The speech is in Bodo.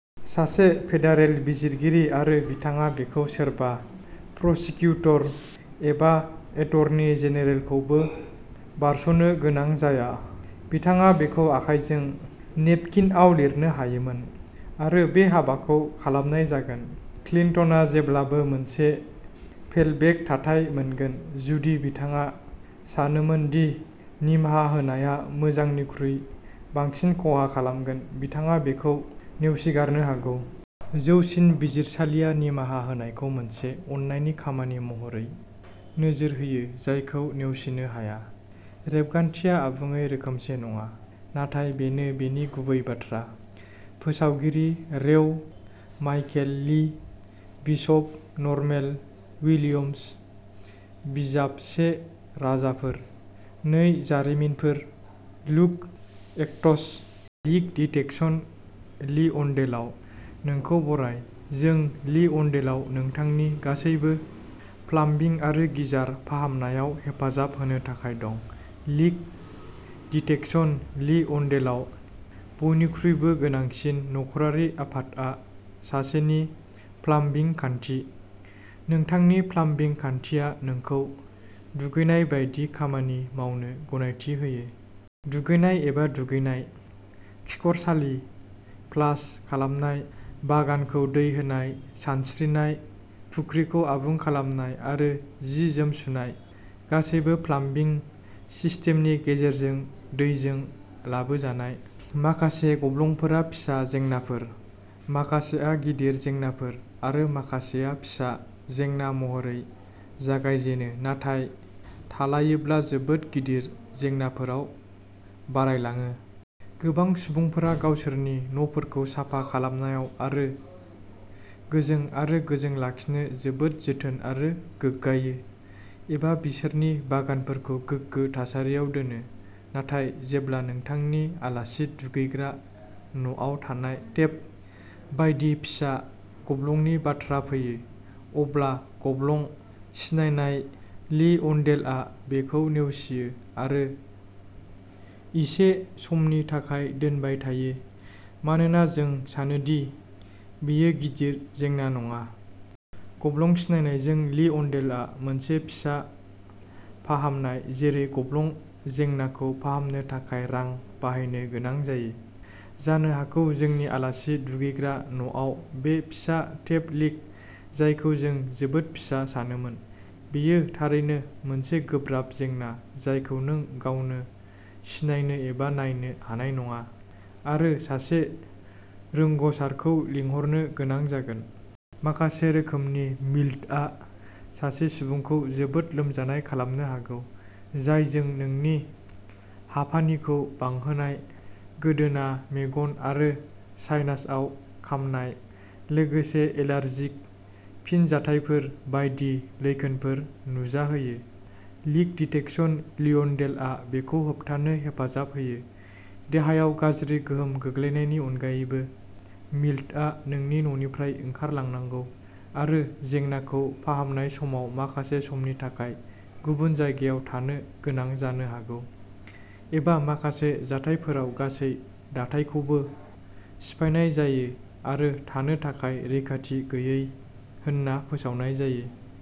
सासे फेडारेल बिजिरगिरि आरो बिथाङा बेखौ सोरबा प्रसिकिउटर एबा एटर्नी जेनेरेलखौबो बारस'नो गोनां जाया। बिथाङा बेखौ आखायजों नेपकिनआव लिरनो हायोमोन, आरो बे हाबाखौ खालामनाय जागोन। क्लिन्टना जेब्लाबो मोनसे फेलबेक थाथाय मोनगोन जुदि बिथाङा सानोमोन दि निमाहा होनाया मोजांनिख्रुइ बांसिन खहा खालामगोन बिथाङा बेखौ नेवसिगारनो हागौ। जौसिन बिजिरसालिया निमाहा होनायखौ मोनसे अननायनि खामानि महरै नोजोर होयो जायखौ नेवसिनो हायो। रेबगान्थिया आबुङै रोखोमसे नङा, नाथाय बेनो बेनि गुबै बाथ्रा। फोसावगिरि रेव माइकेल लि, बिशप नरमेल विलियम्स। बिजाब से राजाफोर, नै जारिमिनफोर, लुक, एक्टस। लिक डिटेक्शन लिअन्डेलाव नोंखौ बराय, जों लिअन्डेलाव नोंथांनि गासैबो प्लाम्बिं आरो गिजार फाहामनायाव हेफाजाब होनो थाखाय दं। लिक डिटेक्शन लिअन्डेलाव बयनिख्रुइबो गोनांसिन नखरारि आफादआ सासेनि प्लाम्बिं खान्थि। नोंथांनि प्लाम्बिं खान्थिया नोंखौ दुगैनाय बायदि खामानि मावनो गनायथि होयो। दुगैनाय एबा दुगैनाय, खिखरसालि फ्लास खालामनाय, बागानखौ दै होनाय, सानस्रिनाय फुख्रिखौ आबुं खालामनाय आरो जि-जोम सुनाय, गासैबो प्लाम्बिं सिस्टेमनि गेजेरजों दैजों लाबोजानाय। माखासे गब्लंफोरा फिसा जेंनाफोर, माखासेआ गिदिर जेंनाफोर, आरो माखासेया फिसा जेंना महरै जागायजेनो नाथाय थालायोब्ला जोबोद गिदिर जेंनाफोराव बारायलाङो। गोबां सुबुंफोरा गावसोरनि न'फोरखौ साफा खालामनायाव आरो गोजों आरो गोजों लाखिनो जोबोद जोथोन आरो गोग्गायो, एबा बिसोरनि बागानफोरखौ गोगो थासारियाव दोनो, नाथाय जेब्ला नोंथांनि आलासि दुगैग्रा न'आव थानाय टेप बायदि फिसा गब्लंनि बाथ्रा फैयो, अब्ला गब्लं सिनायनाय लिअन्डेलआ बेखौ नेवसियो आरो इसे समनि थाखाय दोनबाय थायो मानोना जों सानो दि बेयो गिदिर जेंना नङा। गब्लं सिनायनायजों लिअन्डेलआ मोनसे फिसा फाहामनाय जेरै गब्लं जेंनाखौ फाहामनो थाखाय रां बाहायनो गोनां जायो। जानो हागौ जोंनि आलासि दुगैग्रा न'आव बे फिसा टेप लिक, जायखौ जों जोबोद फिसा सानोमोन, बेयो थारैनो मोनसे गोब्राब जेंना जायखौ नों गावनो सिनायनो एबा नायनो हानाय नङा, आरो सासे रोंग'सारखौ लिंहरनो गोनां जागोन। माखासे रोखोमनि मोल्डआ सासे सुबुंखौ जोबोद लोमजानाय खालामनो हागौ, जायजों नोंनि हापानिखौ बांहोनाय, गोदोना, मेगन आरो साइनासआव खामनाय, लोगोसे एलार्जिक फिनजाथायफोर बायदि लैखोनफोर नुजाहोयो, लिक डिटेक्शन लियोनडेलआ बेखौ होबथानो हेफाजाब होयो। देहायाव गाज्रि गोहोम गोग्लैनायनि अनगायैबो, मोल्डआ नोंनि न'निफ्राय ओंखारलांनांगौ आरो जेंनाखौ फाहामनाय समाव माखासे समनि थाखाय गुबुन जायगायाव थानो गोनां जानो हागौ, एबा माखासे जाथायफोराव गासै दाथाइखौबो सिफायनाय जायो आरो थानो थाखाय रैखाथि गैयै होनना फोसावनाय जायो।